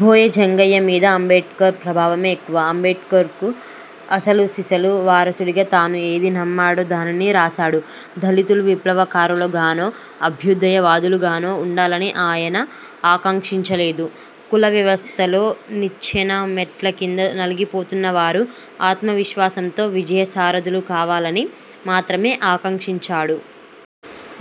బోయ జంగయ్య మీద అంబేడ్కర్ ప్రభావమే ఎక్కువ. అంబేడ్కర్కు అసలు సిసలు వారసుడిగా తాను ఏది నమ్మాడో, దానిని రాసాడు. దళితులు విప్లవకారులుగానో, అభ్యుదయ వాదులుగానో ఉండాలని ఆయన ఆకాంక్షించలేదు. కులవ్యవస్థలో నిచ్చెన మెట్ల కింద నలిగిపోతున్న వారు, ఆత్మవిశ్వాసంతో విజయసారథులు కావాలని మాత్రమే ఆకాంక్షించాడు.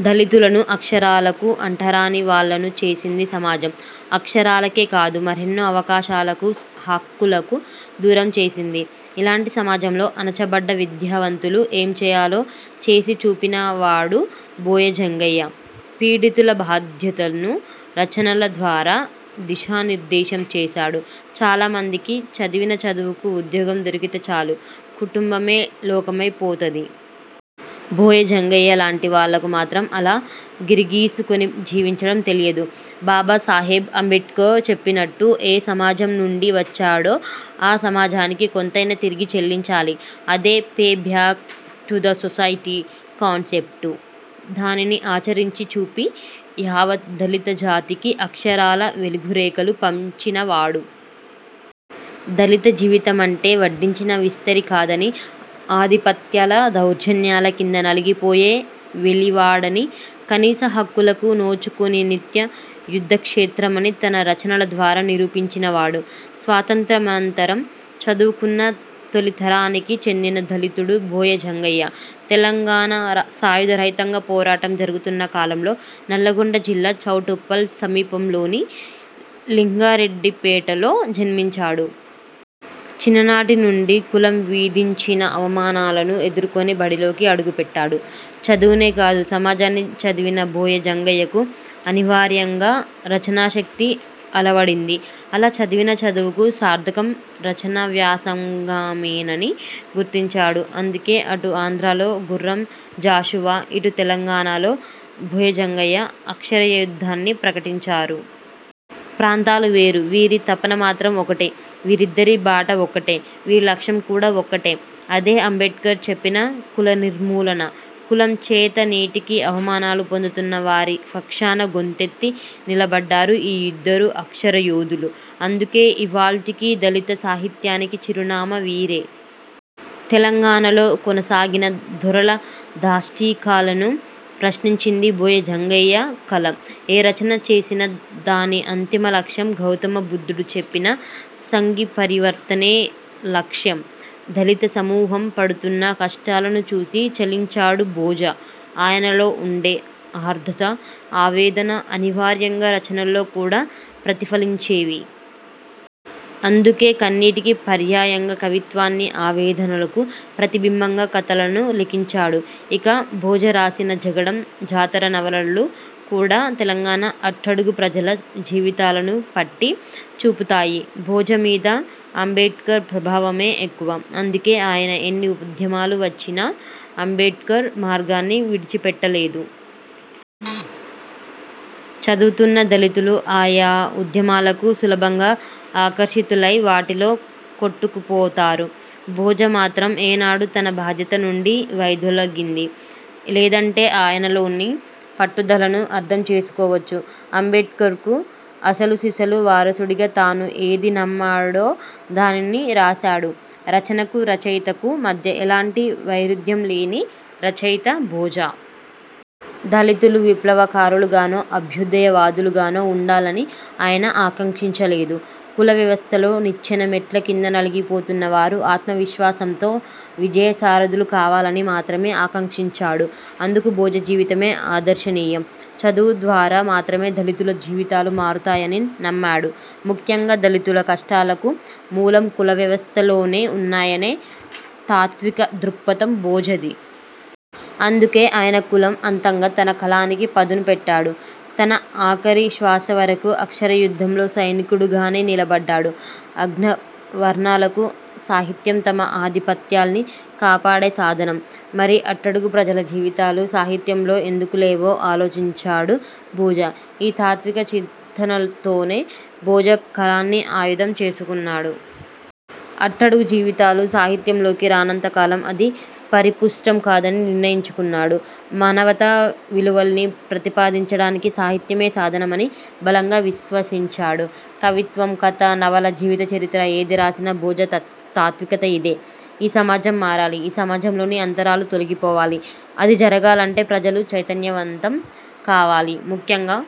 దళితులను అక్షరాలకు అంటరాని వాళ్లను చేసింది సమాజం. అక్షరాలకే కాదు మరెన్నో అవకాశాలకు, హక్కులకు దూరం చేసింది. ఇలాంటి సమాజంలో అణచబడ్డ విద్యావంతులు ఏం చేయాలో, చేసి చూపినవాడు బోయ జంగయ్య. పీడితుల బాధ్యతను రచనల ద్వారా దిశానిర్దేశం చేశాడు. చాలామందికి చదివిన చదువుకు ఉద్యోగం దొరికితే చాలు, కుటుంబమే లోకమై పోతది. బోయ జంగయ్య లాంటి వాళ్లకు మాత్రం అలా గిరిగీసుకొని జీవించడం తెలియదు. బాబా సాహెబ్ అంబేడ్కర్ చెప్పినట్టు ఏ సమాజం నుండి వచ్చాడో ఆ సమాజానికి కొంతైనా తిరిగి చెల్లించాలి. అదే ''pay back to the society'' concept. దానిని ఆచరించి చూపి, యావత్ దళిత జాతికి అక్షరాల వెలుగురేఖలు పంచినవాడు. దళిత జీవితమంటే వడ్డించిన విస్తరి కాదని, ఆధిపత్యాల దౌర్జన్యాల కింద నలిగిపోయే వెలివాడని, కనీస హక్కులకు నోచుకొని నిత్య యుద్ధక్షేత్రమని తన రచనలద్వారా నిరూపించినవాడు. స్వాతంత్య్రమనంతరం చదువుకున్న తొలితరానికి చెందిన దళితుడు బోయ జంగయ్య. తెలంగాణ సాయుధ రైతాంగ పోరాటం జరుగుతున్న కాలంలో నల్లగొండ జిల్లా చౌటుప్పల్ సమీపంలోని లింగారెడ్డిపేటలో జన్మించాడు. చిన్ననాటి నుండి కులం విధించిన అవమానాలను ఎదుర్కొని బడిలోకి అడుగుపెట్టాడు. చదువునే కాదు సమాజాన్ని చదివిన బోయ జంగయ్యకు అనివార్యంగా రచనాశక్తి అలవడింది. అలా చదివిన చదువుకు సార్థకం రచనావ్యాసంగమేనని గుర్తించాడు. అందుకే అటు ఆంధ్రాలో గుర్రం జాషువా, ఇటు తెలంగాణలో బోయ జంగయ్య అక్షరయుద్ధాన్ని ప్రకటించారు. ప్రాంతాలు వేరు. వీరి తపన మాత్రం ఒకటే. వీరిద్దరి బాట ఒక్కటే. వీరి లక్ష్యం కూడా ఒక్కటే. అదే అంబేడ్కర్ చెప్పిన కులనిర్మూలన. కులం చేత నేటికి అవమానాలు పొందుతున్న వారి పక్షాన గొంతెత్తి నిలబడ్డారు ఈ యిద్దరు అక్షర యోధులు. అందుకే ఇవాళ్టికి దళిత సాహిత్యానికి చిరునామా వీరే. తెలంగాణలో కొనసాగిన దొరల దాష్టీకాలను ప్రశ్నించింది బోయ జంగయ్య కలం. ఏ రచన చేసినా దాని అంతిమ లక్ష్యం గౌతమ బుద్ధుడు చెప్పిన సంఘపరివర్తనే లక్ష్యం. దళిత సమూహం పడుతున్న కష్టాలను చూసి చలించాడు బోజ. ఆయనలో ఉండే ఆర్ధ్రత, ఆవేదన అనివార్యంగా రచనల్లో కూడా ప్రతిఫలించేవి. అందుకే కన్నీటికి పర్యాయంగా కవిత్వాన్ని, ఆవేదనలకు ప్రతిబింబంగా కథలను లిఖించాడు. ఇక బోజ రాసిన జగడం, జాతర నవలలు కూడా తెలంగాణ అట్టడుగు ప్రజల జీవితాలను పట్టి చూపుతాయి. బోజ మీద అంబేడ్కర్ ప్రభావమే ఎక్కువ. అందుకే ఆయన ఎన్ని ఉద్యమాలు వచ్చినా అంబేడ్కర్ మార్గాన్ని విడిచిపెట్టలేదు. చదువుకున్న దళితులు ఆయా ఉద్యమాలకు సులభంగా ఆకర్షితులై వాటిలో కొట్టుకుపోతారు. బోజ మాత్రం ఏనాడూ తన బాధ్యత నుండి వైదొలగింది లేదంటే, ఆయనలోని పట్టుదలను అర్థం చేసుకోవచ్చు. అంబేడ్కర్కు అసలు సిసలు వారసుడిగా తాను ఏది నమ్మాడో, దానిని రాసాడు. రచనకు, రచయితకు మధ్య ఎలాంటి వైరుధ్యం లేని రచయిత బోజ. దళితులు విప్లవకారులుగానో, అభ్యుదయ వాదులుగానో ఉండాలని ఆయన ఆకాంక్షించలేదు. కులవ్యవస్థలో నిచ్చెన మెట్ల కింద నలిగిపోతున్న వారు, ఆత్మవిశ్వాసంతో విజయసారథులు కావాలని మాత్రమే ఆకాంక్షించాడు. అందుకు బోజ జీవితమే ఆదర్శనీయం. చదువు ద్వారా మాత్రమే దళితుల జీవితాలు మారుతాయని నమ్మాడు. ముఖ్యంగా దళితుల కష్టాలకు మూలం కులవ్యవస్థలోనే ఉన్నాయనే తాత్విక దృక్పథం బోజది. అందుకే ఆయన కులం అంతంగా తన కలానికి పదును పెట్టాడు. తనఆఖరి శ్వాసవరకు అక్షరయుద్ధంలో సైనికుడిగానే నిలబడ్డాడు. అగ్రవర్ణాలకు సాహిత్యం తమ ఆధిపత్యాల్ని కాపాడే సాధనం. మరి అట్టడుగు ప్రజల జీవితాలు సాహిత్యంలో ఎందుకు లేవో ఆలోచించాడు బోజ. ఈ తాత్విక చింతనతోనే బోజ కలాన్ని ఆయుధం చేసుకున్నాడు. అట్టడుగు జీవితాలు సాహిత్యంలోకి రానంత కాలం, అది పరిపుష్టం కాదని నిర్ణయించుకున్నాడు. మానవతా విలువల్ని ప్రతిపాదించడానికి సాహిత్యమే సాధనమని బలంగా విశ్వసించాడు. కవిత్వం, కథ, నవల, జీవిత చరిత్ర ఏది రాసిన బోజ తాత్వికత ఇదే. ఈ సమాజం మారాలి. ఈ సమాజంలోని అంతరాలు తొలగిపోవాలి. అది జరగాలంటే ప్రజలు చైతన్యవంతం కావాలి. ముఖ్యంగా